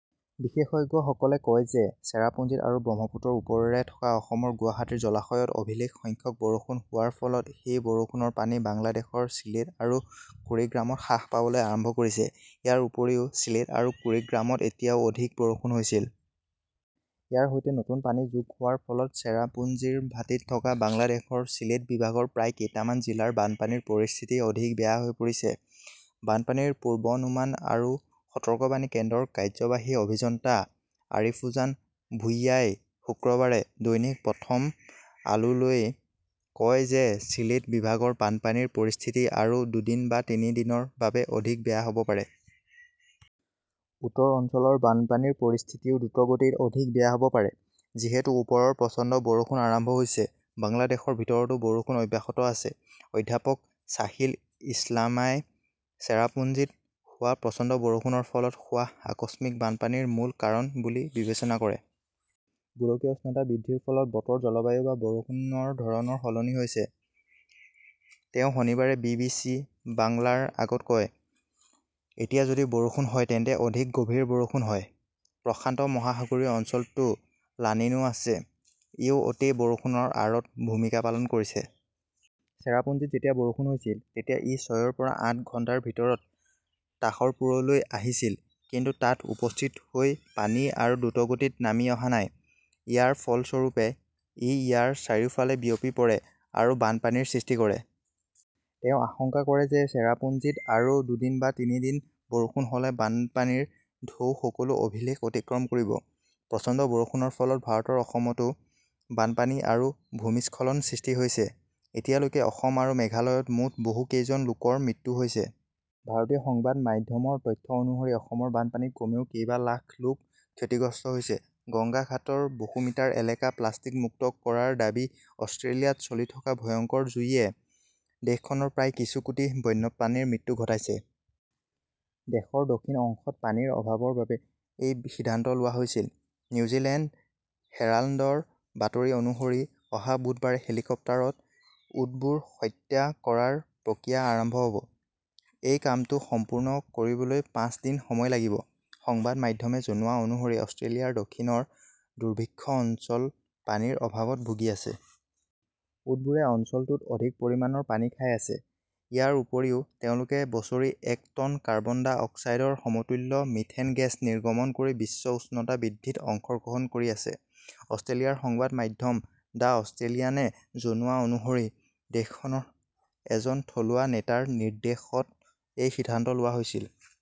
বিশেষজ্ঞসকলে কয় যে চেৰাপুঞ্জিত আৰু ব্ৰহ্মপুত্ৰৰ ওপৰেৰে থকা অসমৰ গুৱাহাটীৰ জলাশয়ত অভিলেখ সংখ্যক বৰষুণ হোৱাৰ ফলত সেই বৰষুণৰ পানী বাংলাদেশৰ চিলেট আৰু কুৰিগ্ৰামত হ্ৰাস পাবলৈ আৰম্ভ কৰিছে। ইয়াৰ উপৰিও, চিলেট আৰু কুৰিগ্ৰামত এতিয়াও অধিক বৰষুণ হৈছিল। ইয়াৰ সৈতে নতুন পানী যোগ হোৱাৰ ফলত চেৰাপুঞ্জীৰ ভাটীত থকা বাংলাদেশৰ চিলেট বিভাগৰ প্ৰায় কেইটামান জিলাৰ বানপানীৰ পৰিস্থিতি অধিক বেয়া হৈ পৰিছে। বানপানীৰ পূৰ্বানুমান আৰু সতৰ্কবাণী কেন্দ্ৰৰ কাৰ্যবাহী অভিযন্তা আৰিফুজান ভুঁইয়াই শুকুৰবাৰে দৈনিক প্ৰথম আলোলৈ কয় যে চিলেট বিভাগৰ বানপানীৰ পৰিস্থিতি আৰু দুদিন বা তিনি দিনৰ বাবে অধিক বেয়া হ'ব পাৰে। উত্তৰ অঞ্চলৰ বানপানীৰ পৰিস্থিতিও দ্ৰুতগতিত অধিক বেয়া হ'ব পাৰে। যিহেতু ওপৰত প্ৰচণ্ড বৰষুণ আৰম্ভ হৈছে, বাংলাদেশৰ ভিতৰতো বৰষুণ অব্যাহত আছে। অধ্যাপক ছাহিল ইছলামই চেৰাপুঞ্জীত হোৱা প্ৰচণ্ড বৰষুণৰ ফলত হোৱা আকস্মিক বানপানীৰ মূল কাৰণ বুলি বিবেচনা কৰে। "গোলকীয় উষ্ণতা বৃদ্ধিৰ ফলত বতৰ-জলবায়ু বা বৰষুণৰ ধৰণ সলনি হৈছে", তেওঁ শনিবাৰে বি. বি. চি. বাংলাৰ আগত কয়। এতিয়া যদি বৰষুণ হয় তেন্তে অধিক গভীৰ বৰষুণ হয়। প্ৰশান্ত মহাসাগৰীয় অঞ্চলতো লানিনো আছে। ইও অতি বৰষুণৰ আঁৰত ভূমিকা পালন কৰিছে। চেৰাপুঞ্জীত যেতিয়া বৰষুণ হৈছিল, তেতিয়া ই ছয়ৰ পৰা আঠ ঘণ্টাৰ ভিতৰত তাহৰপুৰলৈ আহিছিল। কিন্তু তাত উপস্থিত হৈ পানী আৰু দ্ৰুতগতিত নামি অহা নাই। ইয়াৰ ফলস্বৰূপে ই ইয়াৰ চাৰিওফালে বিয়পি পৰে আৰু বানপানীৰ সৃষ্টি কৰে। "তেওঁ আশংকা কৰে যে চেৰাপুঞ্জীত আৰু দুদিন বা তিনি দিন বৰষুণ হ'লে বানপানীৰ ঢৌ সকলো অভিলেখ অতিক্ৰম কৰিব পাৰে। প্ৰচণ্ড বৰষুণৰ ফলত ভাৰতৰ অসমতো বানপানী আৰু ভূমিস্খলনৰ সৃষ্টি হৈছে। এতিয়ালৈকে অসম আৰু মেঘালয়ত মুঠ বহু কেইজন লোকৰ মৃত্যু হৈছে। ভাৰতীয় সংবাদ মাধ্যমৰ তথ্য অনুসৰি অসমৰ বানপানীত কমেও কেইবা লাখ লোক ক্ষতিগ্ৰস্ত হৈছে। গংগা ঘাটৰ বহুমিটাৰ এলেকা প্লাষ্টিক মুক্ত কৰাৰ দাবী অষ্ট্ৰেলিয়াত চলি থকা ভয়ংকৰ জুইয়ে দেশখনৰ প্ৰায় কিছু কোটি বন্যপ্ৰাণীৰ মৃত্যু ঘটাইছে। দেশৰ দক্ষিণ অংশত পানীৰ অভাৱৰ বাবে এই সিদ্ধান্ত লোৱা হৈছিল। নিউজিলেণ্ড হেৰাল্ডৰ বাতৰি অনুসৰি অহা বুধবাৰে হেলিকপ্টাৰত উটবোৰ হত্যা কৰাৰ প্ৰক্ৰিয়া আৰম্ভ হ'ব। এই কামটো সম্পূৰ্ণ কৰিবলৈ পাঁচ দিন সময় লাগিব। সংবাদ মাধ্যমে জনোৱা অনুসৰি অষ্ট্ৰেলিয়াৰ দক্ষিণৰ দুৰ্ভিক্ষ অঞ্চল পানীৰ অভাৱত ভুগি আছে। উটবোৰে অঞ্চলটোত অধিক পৰিমাণৰ পানী খাই আছে। ইয়াৰ উপৰিও তেওঁলোকে বছৰি এক টন কাৰ্বন ডাই অক্সাইডৰ সমতুল্য মিথেন গেছ নিৰ্গমন কৰি বিশ্ব উষ্ণতা বৃদ্ধিত অংশগ্ৰহণ কৰি আছে। অষ্ট্ৰেলিয়াৰ সংবাদ মাধ্যম দ্য অষ্ট্ৰেলিয়ানে জনোৱা অনুসৰি দেশখনৰ এজন থলুৱা নেতাৰ নিৰ্দেশত এই সিদ্ধান্ত লোৱা হৈছিল।